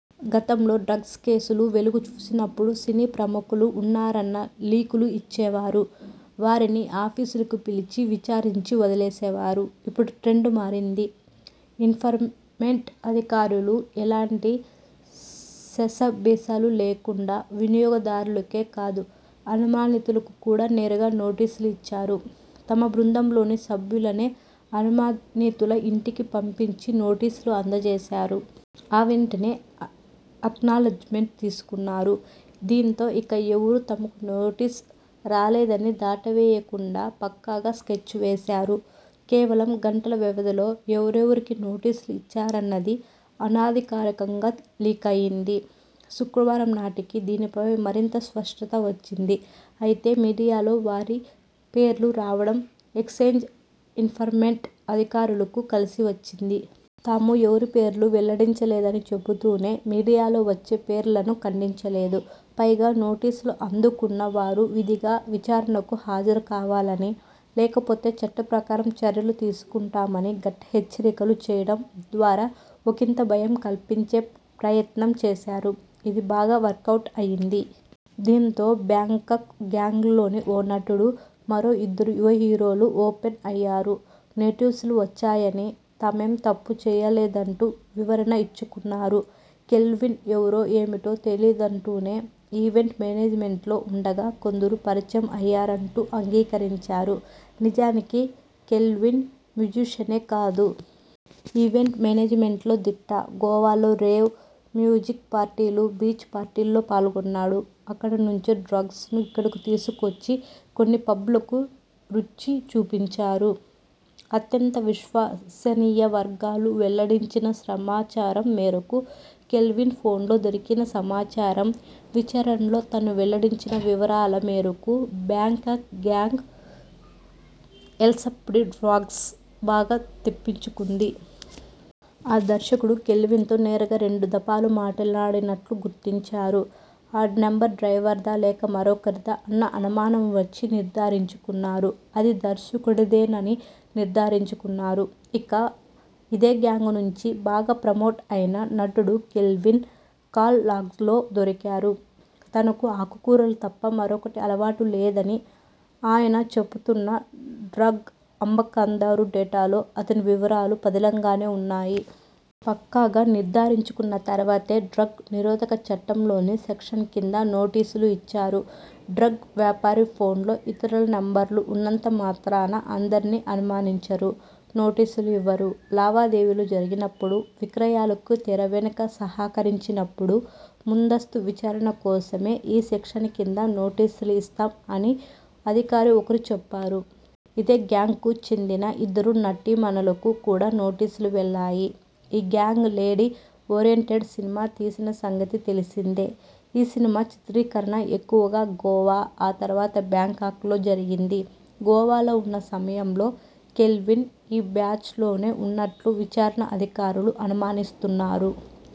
గతంలో డ్రగ్స్ కేసులు వెలుగు చూసినప్పుడు సినీ ప్రముఖులు ఉన్నారన్న లీకులు ఇచ్చేవారు. వారిని ఆఫీసులకు పిలిచి విచారించి వదిలేసేవారు. ఇప్పుడు ట్రెండ్ మారింది. ఎన్ఫోర్స్మెంట్ అధికారులు ఎలాంటి శషబిషలు లేకుండా వినియోగదారులకే కాదు అనుమానితులకు కూడా నేరుగా నోటీసులు ఇచ్చారు. తమ బృందంలోని సభ్యులనే అనుమానితుల ఇంటికి పంపించి నోటీసులు అందజేశారు. ఆ వెంటనే అక్నాలెడ్జ్మెంట్ తీసుకున్నారు. దీంతో ఇక ఎవరూ తమకు నోటీసు రాలేదని దాటవేయకుండా పక్కాగా స్కెచ్ వేశారు. కేవలం గంటల వ్యవధిలో ఎవరెవరికి నోటీసులు ఇచ్చారన్నది అనధికారికంగా లీకయింది. శుక్రవారం నాటికి దీనిపై మరింత స్పష్టత వచ్చింది. అయితే, మీడియాలో వారి పేర్లు రావడం ఎక్సైజ్ ఎన్ఫోర్స్మెంట్ అధికారులకు కలిసి వచ్చింది. తాము ఎవరి పేర్లు వెల్లడించలేదని చెబుతూనే మీడియాలో వచ్చే పేర్లను ఖండించలేదు. పైగా, నోటీసులు అందుకున్న వారు విధిగా విచారణకు హాజరు కావాలని, లేకపోతే చట్టప్రకారం చర్యలు తీసుకుంటామని గట్టి హెచ్చరికలు చేయడం ద్వారా ఒకింత భయం కల్పించే ప్రయత్నం చేశారు. ఇది బాగా వర్కవుట్ అయింది. దీంతో బ్యాంకాక్ గ్యాంగ్లోని ఓ నటుడు, మరో ఇద్దరు యువ హీరోలు ఓపెన్ అయ్యారు. నోటీసులు వచ్చాయని, తామేం తప్పు చేయలేదంటూ వివరణ ఇచ్చుకున్నారు. కెల్విన్ ఎవరో ఏమిటో తెలియదంటూనే ఈవెంట్ మేనేజ్మెంట్లో ఉండగా కొందరు పరిచయం అయ్యారంటూ అంగీకరించారు. నిజానికి, కెల్విన్ మ్యుజీషియనే కాదు. ఈవెంట్ మేనేజ్మెంట్లో దిట్ట. గోవాలో రేవ్, మ్యుజిక్ పార్టీలు, బీచ్ పార్టీల్లో పాల్గొన్నాడు. అక్కడి నుంచే డ్రగ్స్ను ఇక్కడకు తీసుకొచ్చి కొన్ని పబ్లకు రుచి చూపించారు. అత్యంత విశ్వసనీయ వర్గాలు వెల్లడించిన సమాచారం మేరకు కెల్విన్ ఫోన్లో దొరికిన సమాచారం, విచారణలో అతను వెల్లడించిన వివరాల మేరకు బ్యాంకాక్ గ్యాంగ్ ఎల్ఎ్సడీ డ్రగ్స్ను బాగా తెప్పించుకుంది. ఆ దర్శకుడు కెల్విన్తో నేరుగా రెండు దఫాలుగా మాట్లాడినట్లు గుర్తించారు. ఆ నంబర్ డ్రైవర్దా? లేక మరొకరిదా అన్న అనుమానం వచ్చి నిర్ధారించుకున్నారు. అది దర్శకుడిదేనని నిర్ధారించుకున్నారు. ఇక, ఇదే గ్యాంగ్ నుంచి బాగా ప్రమోట్ అయిన నటుడు కెల్విన్ కాల్ లాగ్స్లో దొరికారు. తనకు ఆకు కూరలు తప్ప మరోటి అలవాటు లేదని ఆయన చెబుతున్నా డ్రగ్ అమ్మకందారు డేటాలో అతని వివరాలు పదిలంగానే ఉన్నాయి. పక్కాగా నిర్ధారించుకున్న తర్వాతే డ్రగ్ నిరోధక చట్టంలోని సెక్షన్ కింద నోటీసు ఇచ్చారు. ''డ్రగ్ వ్యాపారి ఫోన్లో ఇతరుల నంబర్లు ఉన్నంత మాత్రాన అందరినీ అనుమానించరు. నోటీసులు ఇవ్వరు. లావాదే వీలు జరిగినప్పుడు, విక్రయాలకు తెర వెనుక సహకరించినప్పుడు ముందస్తు విచారణ కోసమే ఈ సెక్షన్ కింద నోటీసులు ఇస్తాం'' అని అధికారి ఒకరు చెప్పారు. ఇదే గ్యాంగ్కు చెందిన ఇద్దరు నటీమణులకు కూడా నోటీసులు వెళ్లాయి. ఈ గ్యాంగ్ లేడీ ఓరియంటెడ్ సినిమా తీసిన సంగతి తెలిసిందే. ఈ సినిమా చిత్రీకరణ ఎక్కువగా గోవా, ఆ తర్వాత బ్యాంకాక్లో జరిగింది. గోవాలో ఉన్న సమయంలో కెల్విన్ ఈ బ్యాచ్తోనే ఉన్నట్లు విచారణ అధికారులు అనుమానిస్తున్నారు.